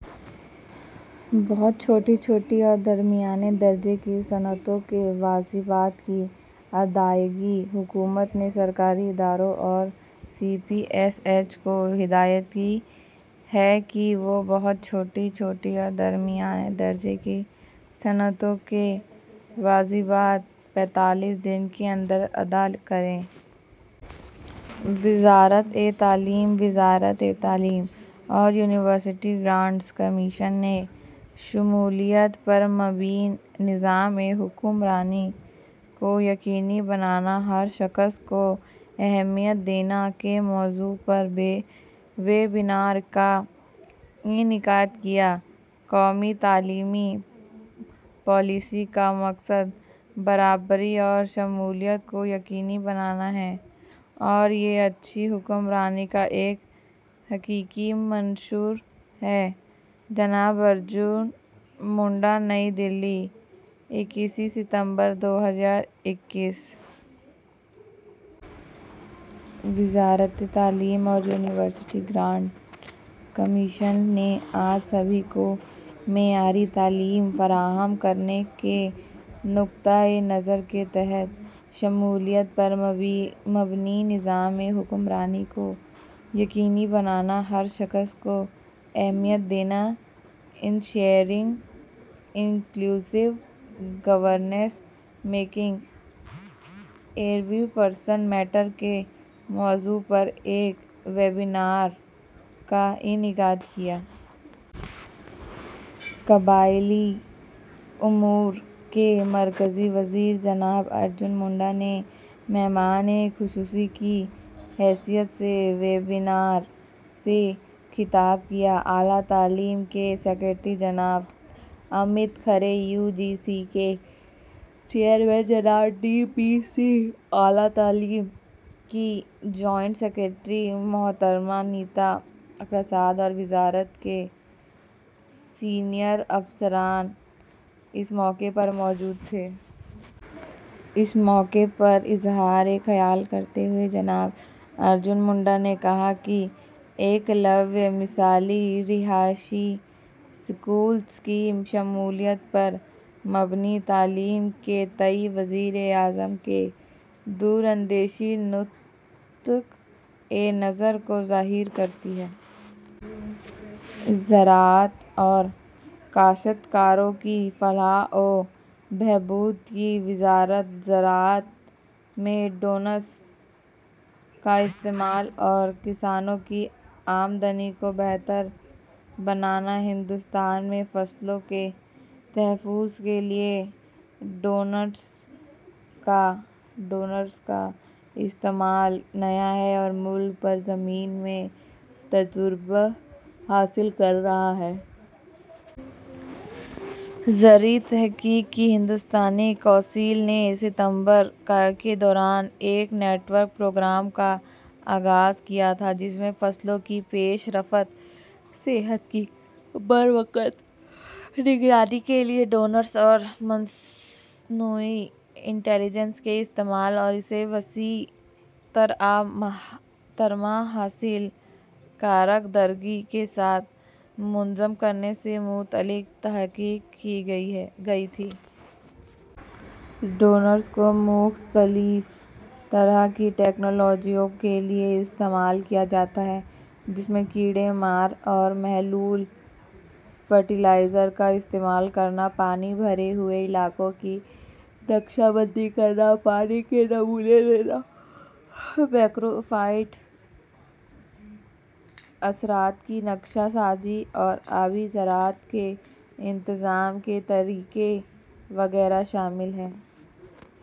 بہت چھوٹی، چھوٹی اور درمیانے درجے کی صنعتوں کے واجبات کی ادائیگی: حکومت نے سرکاری اداروں اور سی پی ایس ایز کو ہدایت کی ہے کہ وہ بہت چھوٹی، چھوٹی اور درمیانے درجے کی صنعتوں کے واجبات پینتالیس دن کے اندر ادا کریں۔ وزارتِ تعلیم وزارت تعلیم اور یونیورسٹی گرانٹس کمیشن نے 'شمولیت پر مبنی نظام حکمرانی کو یقینی بنانا: ہر شخص کو اہمیت دینا' کے موضوع پر ویبینار کا انعقاد کیا قومی تعلیمی پالیسی کا مقصد برابری اور شمولیت کو یقینی بنانا ہے اور یہ اچھی حکمرانی کا ایک حقیقی منشور ہے – جناب ارجن منڈا نئی دہلی، اکیس ستمبر دو ہزار اکیس۔ وزارت تعلیم اور یونیورسٹی گرانٹس کمیشن نے آج سبھی کو معیاری تعلیم فراہم کرنے کے نقطہ نظر کے تحت 'شمولیت پر مبنی نظام حکمرانی کو یقینی بنانا: ہر شخص کو اہمیت دینا ensuring inclusive governance: making every person matter' کے موضوع پر ایک ویبینار کا انعقاد کیا۔ قبائلی امور کے مرکزی وزیر جناب ارجن منڈا نے مہمان خصوصی کی حیثیت سے ویبینار سے خطاب کیا۔ اعلیٰ تعلیم کے سکریٹری جناب Amit Khare, U G C کے چیئرمین جناب ڈی پی سنگھ، اعلیٰ تعلیم کی جوائنٹ سکریٹری محترمہ نیتا پرساد اور وزارت کے سینئر افسران اس موقع پر موجود تھے۔ اس موقع پر اظہار خیال کرتے ہوئے جناب ارجن منڈا نے کہا کہ ایکلوویہ مثالی رہائشی اسکول اسکیم شمولیت پر مبنی تعلیم کے تئیں وزیر اعظم کے دوراندیشانہ نقطہ نظر کو ظاہر کرتی ہے۔ زراعت اور کاشتکاروں کی فلاح و بہبود کی وزارت زراعت میں ڈرونس کا استعمال اور کسانوں کی آمدنی کو بہتر بنانا ہندوستان میں فصلوں کے تحفظ کے لئے ڈرونس کا استعمال نیا ہے اور ملک اس ضمن میں تجربہ حاصل کر رہا ہے۔ زرعی تحقیق کی ہندوستانی کونسل نے ستمبر کے دوران ایک نیٹ ورک پروگرام کا آغاز کیا تھا، جس میں فصلوں کی پیش رفت، صحت کی بروقت نگرانی کے لئے ڈرونس اور مصنوعی انٹلیجنس کے استعمال اور اسے وسیع تر ماحصل کارکردگی کے ساتھ منظم کرنے سے متعلق تحقیق کی گئی تھی۔ ڈرونس کو مختلف طرح کی ٹیکنالوجیوں کے لئے استعمال کیا جاتا ہے جس میں کیڑے مار اور محلول فرٹیلائزر کا استعمال کرنا، پانی بھرے ہوئے علاقوں کی نقشہ بندی کرنا، پانی کے نمونے لینا، میکروفائٹ اثرات کی نقشہ سازی اور آبی زراعت کے انتظام کے طریقے وغیرہ شامل ہیں۔